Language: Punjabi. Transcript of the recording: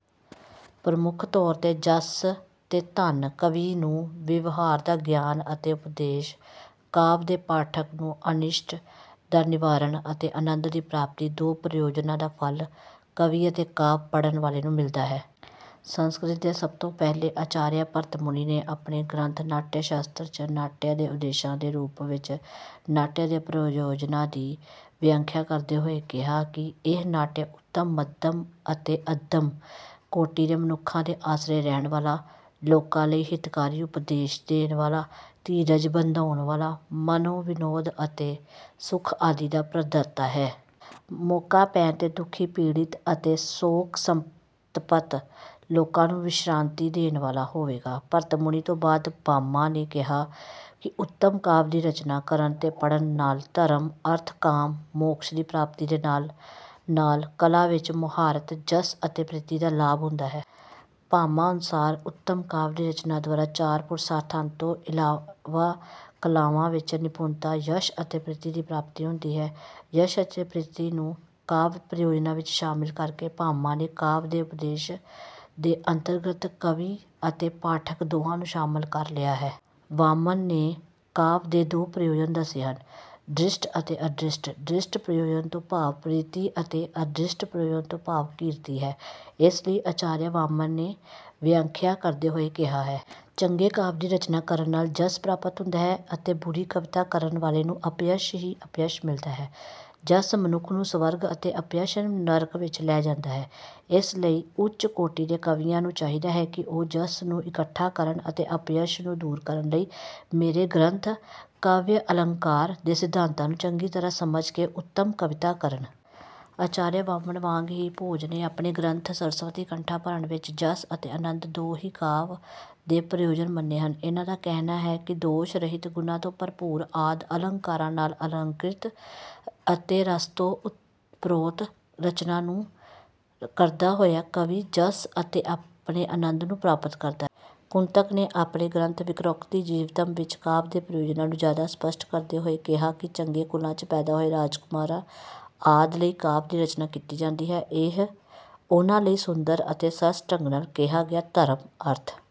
ਪ੍ਰਮੁੱਖ ਤੌਰ ਤੇ ਜਸ ਅਤੇ ਧਨ ਕਵੀ ਨੂੰ, ਵਿਵਹਾਰ ਦਾ ਗਿਆਨ ਅਤੇ ਉਪਦੇਸ਼ ਕਾਵਿ ਦੇ ਪਾਠਕ ਨੂੰ, ਅਨਿਸ਼ਟ ਦਾ ਨਿਵਾਰਣ ਅਤੇ ਆਨੰਦ ਦੀ ਪ੍ਰਾਪਤੀ ਦੋ ਪ੍ਰਯੋਜਨਾਂ ਦਾ ਫ਼ਲ ਕਵੀ ਅਤੇ ਕਾਵਿ ਪੜ੍ਹਨ ਵਾਲੇ ਨੂੰ ਮਿਲਦਾ ਹੈ। ਸੰਸਕ੍ਰਿਤ ਦੇ ਸਭ ਤੋਂ ਪਹਿਲੇ ਆਚਾਰੀਆ ਭਰਤਮੁਨੀ ਨੇ ਆਪਣੇ ਗ੍ਰੰਥ ਨਾਟਯਸ਼ਾਸਤਰ ਚ ਨਾਟਯ ਦੇ ਉਦੇਸ਼ਾਂ ਦੇ ਰੂਪ ਵਿੱਚ ਨਾਟਯ ਦੇ ਪ੍ਰਯੋਜਨਾਂ ਦੀ ਵਿਆਖਿਆ ਕਰਦੇ ਹੋਏ ਕਿਹਾ ਹੈ ਕਿ ਇਹ ਨਾਟਯ ਉੱਤਮ, ਮੱਧਮ ਅਤੇ ਅੱਧਮ ਕੋਟੀ ਦੇ ਮਨੁੱਖਾਂ ਦੇ ਆਸਰੇ ਰਹਿਣ ਵਾਲਾ, ਲੋਕਾਂ ਲਈ ਹਿਤਕਾਰੀ ਉਪਦੇਸ਼ ਦੇਣ ਵਾਲਾ, ਧੀਰਜ ਬੰਧਾਉਣ ਵਾਲਾ, ਮਨੋਵਿਨੋਦ ਅਤੇ ਸੁਖ ਆਦਿ ਦਾ ਪ੍ਰਦਾਤਾ ਹੈ। ਮੌਕਾ ਪੈਣ ਤੇ ਦੁਖੀ, ਪੀੜ੍ਹਿਤ ਅਤੇ ਸ਼ੋਕਸੰਤਪਤ ਲੋਕਾਂ ਨੂੰ ਵਿਸ਼੍ਰਾਂਤੀ ਦੇਣ ਵਾਲਾ ਹੋਵੇਗਾ। ਭਰਤਮੁਨੀ ਤੋਂ ਬਾਅਦ, ਭਾਮਹ ਨੇ ਕਿਹਾ ਹੈ ਕਿ ਉੱਤਮ ਕਾਵਿ ਦੀ ਰਚਨਾ ਕਰਨ ਅਤੇ ਪੜ੍ਹਨ ਨਾਲ ਧਰਮ, ਅਰਥ, ਕਾਮ, ਮੋਕ੍ਸ਼ ਦੀ ਪ੍ਰਾਪਤੀ ਦੇ ਨਾਲ- ਨਾਲ ਕਲਾ ਵਿੱਚ ਮੁਹਾਰਤ, ਜਸ ਅਤੇ ਪ੍ਰੀਤੀ ਦਾ ਲਾਭ ਹੁੰਦਾ ਹੈ। ਭਾਮਹ ਅਨੁਸਾਰ ਉੱਤਮ ਕਾਵਿ ਦੀ ਰਚਨਾ ਦੁਆਰਾ ਚਾਰ ਪੁਰਸ਼ਾਰਥਾਂਤੋਂ ਇਲਾਵਾ ਕਲਾਵਾਂ ਵਿੱਚ ਨਿਪੁੰਨਤਾ ਯਸ਼ ਅਤੇ ਪ੍ਰੀਤੀ ਦੀ ਪ੍ਰਾਪਤੀ ਹੁੰਦੀ ਹੈ। ਯਸ਼ ਅਤੇ ਪ੍ਰੀਤੀ ਨੂੰ ਕਾਵਿ ਪ੍ਰਯੋਜਨਾਂ ਵਿੱਚ ਸ਼ਾਮਿਲ ਕਰਕੇ ਭਾਮਹ ਨੇ ਕਾਵਿ ਦੇ ਉਦੇਸ਼ ਦੇ ਅੰਤਰਗਤ ਕਵੀ ਅਤੇ ਪਾਠਕ ਦੋਹਾਂ ਨੂੰ ਸ਼ਾਮਿਲ ਕਰ ਲਿਆ ਹੈ। ਵਾਮਨ ਨੇ ਕਾਵਿ ਦੇ ਦੋ ਪ੍ਰਯੋਜਨ ਦੱਸੇ ਹਨ, ਦ੍ਰਿਸ਼ਟ ਤੇ ਅਦ੍ਰਿਸ਼ਟ। ਦ੍ਰਿਸ਼ਟ ਪ੍ਰਯੋਜਨ ਤੋਂ ਭਾਵ ਪ੍ਰੀਤੀ ਅਤੇ ਅਦ੍ਰਿਸ਼ਟ ਪ੍ਰਯੋਜਨ ਤੋਂ ਭਾਵ ਕੀਰਤੀ ਹੈ। ਇਸ ਲਈ ਆਚਾਰੀਆ ਵਾਮਨ ਨੇ ਵਿਆਖਿਆ ਕਰਦੇ ਹੋਏ ਕਿਹਾ ਹੈ। ਚੰਗੇ ਕਾਵਿ ਦੀ ਰਚਨਾ ਕਰਨ ਨਾਲ ਜਸ ਪ੍ਰਾਪਤ ਹੁੰਦਾ ਹੈ ਅਤੇ ਬੁਰੀ ਕਵਿਤਾ ਕਰਨ ਵਾਲੇ ਨੂੰ ਅਪਯਸ਼ ਹੀ ਅਪਯਸ਼ ਮਿਲਦਾ ਹੈ। ਜਸ ਮਨੁੱਖ ਨੂੰ ਸਵਰਗ ਅਤੇ ਅਪਯਸ਼ ਨਰਕ ਵਿੱਚ ਲੈ ਜਾਂਦਾ ਹੈ। ਇਸ ਲਈ ਉੱਚ ਕੋਟੀ ਦੇ ਕਵੀਆਂ ਨੂੰ ਚਾਹੀਦਾ ਹੈ ਕਿ ਉਹ ਜਸ ਨੂੰ ਇੱਕਠਾ ਕਰਨ ਅਤੇ ਅਪਯਸ਼ ਨੂੰ ਦੂਰ ਕਰਨ ਲਈ ਮੇਰੇ ਗ੍ਰੰਥ ਕਾਵਿਅਲੰਕਾਰ ਦੇ ਸਿਧਾਂਤਾਂ ਨੂੰ ਚੰਗੀ ਤਰ੍ਹਾਂ ਸਮਝ ਕੇ ਉੱਤਮ ਕਵਿਤਾ ਕਰਨ। ਆਚਾਰੀਆ ਵਾਮਨ ਵਾਂਗ ਹੀ ਭੋਜ ਨੇ ਆਪਣੇ ਗ੍ਰੰਥ ਸਰਸਵਤੀਕੰਠਾਭਰਣ ਵਿੱਚ ਜਸ ਅਤੇ ਆਨੰਦ ਦੋ ਹੀ ਕਾਵਿ ਦੇ ਪ੍ਰਯੋਜਨ ਮੰਨੇ ਹਨ। ਇਹਨਾਂ ਦਾ ਕਹਿਣਾ ਹੈ ਕਿ ਦੋਸ਼-ਰਹਿਤ, ਗੁਣਾਂ ਤੋਂ ਭਰਪੂਰ ਆਦਿ ਅਲੰਕਾਰਾਂ ਨਾਲ ਅਲੰਕ੍ਰਿਤ ਅਤੇ ਰਸ ਤੋਂ ਓਤਪ੍ਰੋਤ ਰਚਨਾ ਨੂੰ ਕਰਦਾ ਹੋਇਆ ਕਵੀ ਜਸ ਅਤੇ ਆਪਣੇ ਆਨੰਦ ਨੂੰ ਪ੍ਰਾਪਤ ਕਰਦਾ ਹੈ। ਕੁੰਤਕ ਨੇ ਆਪਣੇ ਗ੍ਰੰਥ ਵਕ੍ਰੋਕਤੀਜੀਵਿਤਮ੍ ਵਿੱਚ ਕਾਵਿ ਦੇ ਪ੍ਰਯੋਜਨਾਂ ਨੂੰ ਜਿਆਦਾ ਸਪੱਸ਼ਟ ਕਰਦੇ ਹੋਏ ਕਿਹਾ ਹੈ ਕਿ ਚੰਗੇ ਕੁਲਾਂ ਚ ਪੈਦਾ ਹੋਏ ਰਾਜਕੁਮਾਰਾਂ ਆਦਿ ਲਈ ਕਾਵਿ ਦੀ ਰਚਨਾ ਕੀਤੀ ਜਾਂਦੀ ਹੈ। ਇਹ ਉਹਨਾਂ ਲਈ ਸੁੰਦਰ ਅਤੇ ਸਰਸ ਢੰਗ ਨਾਲ ਕਿਹਾ ਗਿਆ ਧਰਮ, ਅਰਥ।